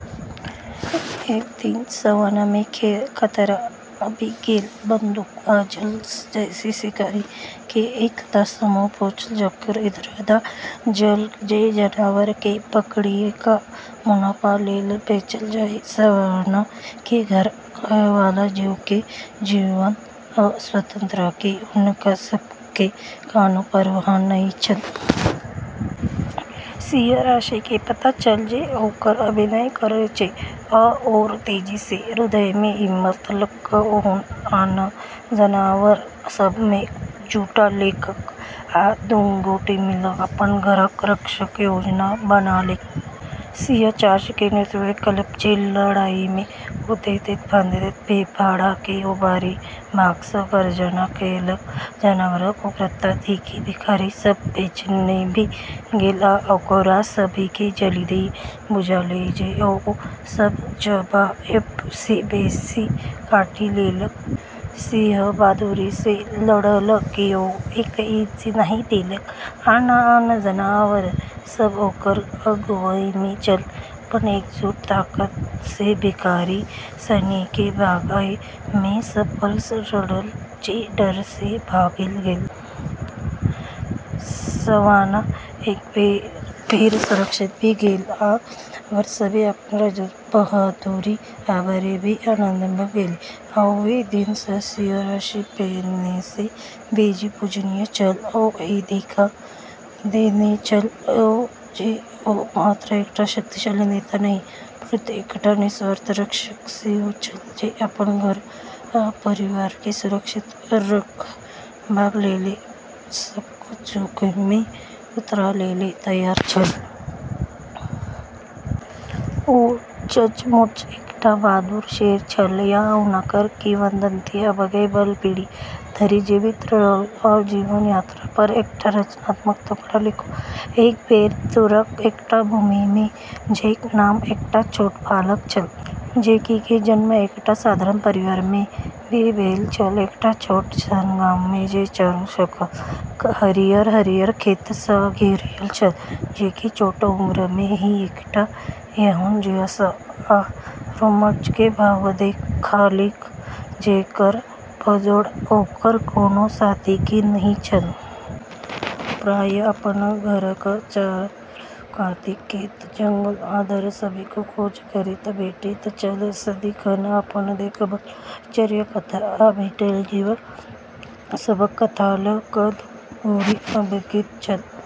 एक दिन सवाना मे खतरा आबि गेल। बंदूक आ जाल सँ लैस शिकारी के एकटा समूह पहुँचल, जेकर इरादा छल जे जानवर केँ पकड़ि क' मुनाफा लेल बेचल जाए। सवाना केँ घर कहय वाला जीव के जीवन आ स्वतंत्रता के हुनका सब के कोनो परवाह नहि छल। सिंह राशि केँ पता छल जे ओकरा अभिनय करय छै, आओर तेजी सँ। हृदय मे हिम्मत ल' क' ओ आन जानवर सभ केँ जुटा लेलक, आ दुनू गोटे मिलिक' अपन घरक रक्षाक योजना बनौलक। सिंह चार्ज के नेतृत्व केलक, जे लड़ाई मे कूदैत-फांदैत फेफड़ा के ऊपरी भाग सँ गर्जना केलक। जानवरक उग्रता देखि शिकारी सभ बेचैन भ' गेल, आ ओकरा सभ केँ जल्दिये बुझायल जे ओ सभ चबाएब सँ बेसी काटि लेलक। सिंह बहादुरी सँ लड़ल, कहियो एक इंच नहि देलक, आ आन जानवर सभ ओकर अगुवाई मे चलल। अपन एकजुट ताकत सँ शिकारी सिनी केँ भगाएब मे सफल रहल, जे डर सँ भागि गेल। सवाना एक बेर फेर सुरक्षित भ' गेल, आ जानवर सभ अपन राजाक बहादुरीक आभारी भ' क' आनन्दित भ' गेल। ओहि दिन सँ सिंह राशि पहिने सँ बेसी पूजनीय छल। ओ ई देखा देने छल जे ओ मात्र एकटा शक्तिशाली नेता नहि, अपितु एकटा निस्वार्थ रक्षक सेहो छल, जे अपन घर आ परिवार केँ सुरक्षित रखबाक लेल सब किछु जोखिम मे उतारय लेल तैयार छल। ओ सचमुच एकटा बहादुर शेर छल, आ हुनकर किंवदंती आबय बला पीढ़ी धरि जीवित रहल। आजीवन यात्रा पर एकटा रचनात्मक टुकड़ा लिखू। एक बेर दूरक एकटा भूमि मे जैक नामक एकटा छोट बालक छल। जैक के जन्म एकटा साधारण परिवार मे भेल छल, एकटा छोट सन गाम मे जे चारू कात हरियर-हरियर खेत सँ घेरल छल। जैक छोट उम्र सँ ही एकटा एहन जिज्ञासा आ रोमांच के भाव देखौलक जेकर बेजोड़ ओकर कोनो साथी के नहि छल। ओ प्रायः अपन घरक चारूकातक खेत, जंगल आ धार सभक खोज करैत भेटैत छल, सदिखन अपन देखल आश्चर्यक कथा, आ भेटल जीव सभक कथा ल' क' घुरि अबैत छल।